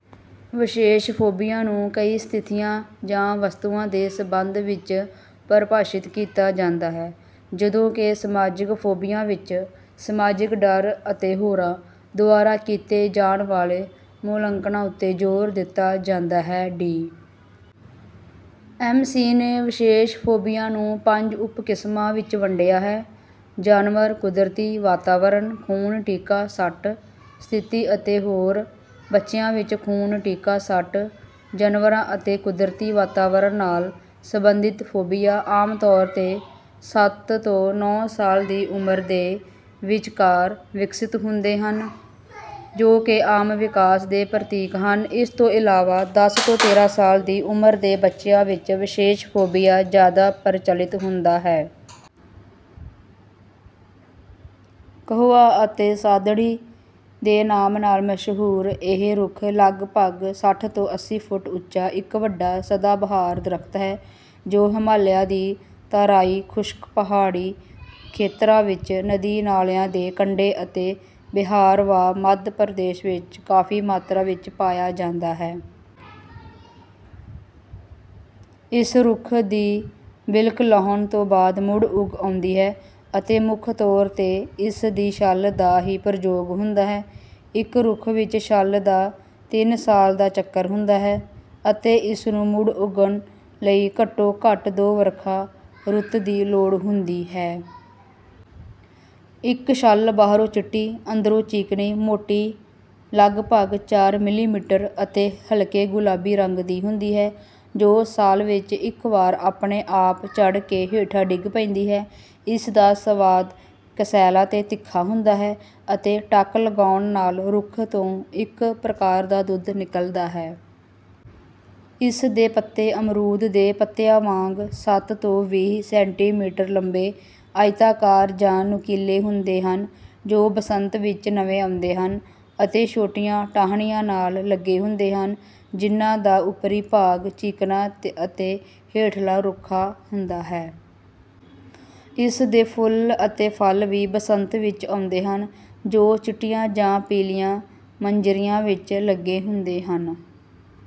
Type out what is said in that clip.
ਵਿਸ਼ੇਸ਼ ਫੋਬੀਆ ਨੂੰ ਕਈ ਸਥਿਤੀਆਂ ਜਾਂ ਵਸਤੂਆਂ ਦੇ ਸਬੰਧ ਵਿੱਚ ਪਰਿਭਾਸ਼ਿਤ ਕੀਤਾ ਜਾਂਦਾ ਹੈ, ਜਦੋਂ ਕਿ ਸਮਾਜਿਕ ਫੋਬੀਆ ਵਿੱਚ ਸਮਾਜਿਕ ਡਰ ਅਤੇ ਹੋਰਾਂ ਦੁਆਰਾ ਕੀਤੇ ਜਾਣ ਵਾਲੇ ਮੁਲਾਂਕਣਾਂ ਉੱਤੇ ਜ਼ੋਰ ਦਿੱਤਾ ਜਾਂਦਾ ਹੈ। ਡੀ ਐਮ ਸੀ ਨੇ ਵਿਸ਼ੇਸ਼ ਫੋਬੀਆ ਨੂੰ ਪੰਜ ਉਪ-ਕਿਸਮਾਂ ਵਿੱਚ ਵੰਡਿਆ ਹੈ: ਜਾਨਵਰ, ਕੁਦਰਤੀ ਵਾਤਾਵਰਣ, ਖੂਨ-ਟੀਕਾ-ਸੱਟ, ਸਥਿਤੀ ਅਤੇ ਹੋਰ। ਬੱਚਿਆਂ ਵਿੱਚ ਖੂਨ-ਟੀਕਾ-ਸੱਟ, ਜਾਨਵਰਾਂ ਅਤੇ ਕੁਦਰਤੀ ਵਾਤਾਵਰਣ ਨਾਲ ਸੰਬੰਧਿਤ ਫੋਬੀਆ ਆਮ ਤੌਰ 'ਤੇ ਸੱਤ ਤੋਂ ਨੌਂ ਸਾਲ ਦੀ ਉਮਰ ਦੇ ਵਿਚਕਾਰ ਵਿਕਸਤ ਹੁੰਦੇ ਹਨ, ਜੋ ਕਿ ਆਮ ਵਿਕਾਸ ਦੇ ਪ੍ਰਤੀਕ ਹਨ; ਇਸ ਤੋਂ ਇਲਾਵਾ, ਦਸ ਤੋਂ ਤੇਰਾਂ ਸਾਲ ਦੀ ਉਮਰ ਦੇ ਬੱਚਿਆਂ ਵਿੱਚ ਵਿਸ਼ੇਸ਼ ਫੋਬੀਆ ਜ਼ਿਆਦਾ ਪ੍ਰਚਲਿਤ ਹੁੰਦਾ ਹੈ। ਕਹੁਆ ਅਤੇ ਸਾਦੜੀ ਦੇ ਨਾਮ ਨਾਲ ਮਸ਼ਹੂਰ ਇਹ ਰੁੱਖ ਲਗਭਗ ਸੱਠ ਤੋਂ ਅੱਸੀਂ ਫੁੱਟ ਉੱਚਾ ਇੱਕ ਵੱਡਾ ਸਦਾਬਹਾਰ ਦਰਖਤ ਹੈ, ਜੋ ਹਿਮਾਲਿਆ ਦੀ ਤਰਾਈ, ਖੁਸ਼ਕ ਪਹਾੜੀ ਖੇਤਰਾਂ ਵਿੱਚ ਨਦੀ-ਨਾਲਿਆਂ ਦੇ ਕੰਢੇ ਅਤੇ ਬਿਹਾਰ ਵਾ ਮੱਧ ਪ੍ਰਦੇਸ਼ ਵਿੱਚ ਕਾਫ਼ੀ ਮਾਤਰਾ ਵਿੱਚ ਪਾਇਆ ਜਾਂਦਾ ਹੈ। ਇਸ ਰੁੱਖ ਦੀ ਬਿਲਕ ਲਾਹੁਣ ਤੋਂ ਬਾਅਦ ਮੁੜ ਉੱਗ ਆਉਂਦੀ ਹੈ ਅਤੇ ਮੁੱਖ ਤੌਰ 'ਤੇ ਇਸ ਦੀ ਛੱਲ ਦਾ ਹੀ ਪ੍ਰਯੋਗ ਹੁੰਦਾ ਹੈ; ਇੱਕ ਰੁੱਖ ਵਿੱਚ ਛੱਲ ਦਾ ਤਿੰਨ ਸਾਲ ਦਾ ਚੱਕਰ ਹੁੰਦਾ ਹੈ ਅਤੇ ਇਸਨੂੰ ਮੁੜ ਉੱਗਣ ਲਈ ਘੱਟੋ-ਘੱਟ ਦੋ ਵਰਖਾ ਰੁੱਤ ਦੀ ਲੋੜ ਹੁੰਦੀ ਹੈ। ਇਕ ਛੱਲ ਬਾਹਰੋਂ ਚਿੱਟੀ, ਅੰਦਰੋਂ ਚਿਕਨੀ, ਮੋਟੀ ਲਗਭਗਚਾਰਮਿਲੀਮੀਟਰ ਅਤੇ ਹਲਕੇ ਗੁਲਾਬੀ ਰੰਗ ਦੀ ਹੁੰਦੀ ਹੈ, ਜੋ ਸਾਲ ਵਿੱਚ ਇੱਕ ਵਾਰ ਆਪਣੇ ਆਪ ਝੜ ਕੇ ਹੇਠਾਂ ਡਿੱਗ ਪੈਂਦੀ ਹੈ। ਇਸ ਦਾ ਸਵਾਦ ਕਸੈਲਾ ਤੇ ਤਿੱਖਾ ਹੁੰਦਾ ਹੈ ਅਤੇ ਟੱਕ ਲਗਾਉਣ ਨਾਲ ਰੁੱਖ ਤੋਂ ਇੱਕ ਪ੍ਰਕਾਰ ਦਾ ਦੁੱਧ ਨਿਕਲਦਾ ਹੈ। ਇਸ ਦੇ ਪੱਤੇ ਅਮਰੂਦ ਦੇ ਪੱਤਿਆਂ ਵਾਂਗ ਸੱਤ ਤੋਂ ਵੀਹ ਸੈਂਟੀਮੀਟਰ ਲੰਬੇ ਆਇਤਾਕਾਰ ਜਾਂ ਨੁਕੀਲੇ ਹੁੰਦੇ ਹਨ, ਜੋ ਬਸੰਤ ਵਿੱਚ ਨਵੇਂ ਆਉਂਦੇ ਹਨ ਅਤੇ ਛੋਟੀਆਂ ਟਾਹਣੀਆਂ ਨਾਲ ਲੱਗੇ ਹੁੰਦੇ ਹਨ; ਜਿਨ੍ਹਾਂ ਦਾ ਉੱਪਰੀ ਭਾਗ ਚਿਕਨਾ ਅਤੇ ਹੇਠਲਾ ਰੁੱਖਾ ਹੁੰਦਾ ਹੈ। ਇਸ ਦੇ ਫੁੱਲ ਅਤੇ ਫਲ ਵੀ ਬਸੰਤ ਵਿੱਚ ਆਉਂਦੇ ਹਨ, ਜੋ ਚਿੱਟੀਆਂ ਜਾਂ ਪੀਲੀਆਂ ਮੰਜਰੀਆਂ ਵਿੱਚ ਲੱਗੇ ਹੁੰਦੇ ਹਨ।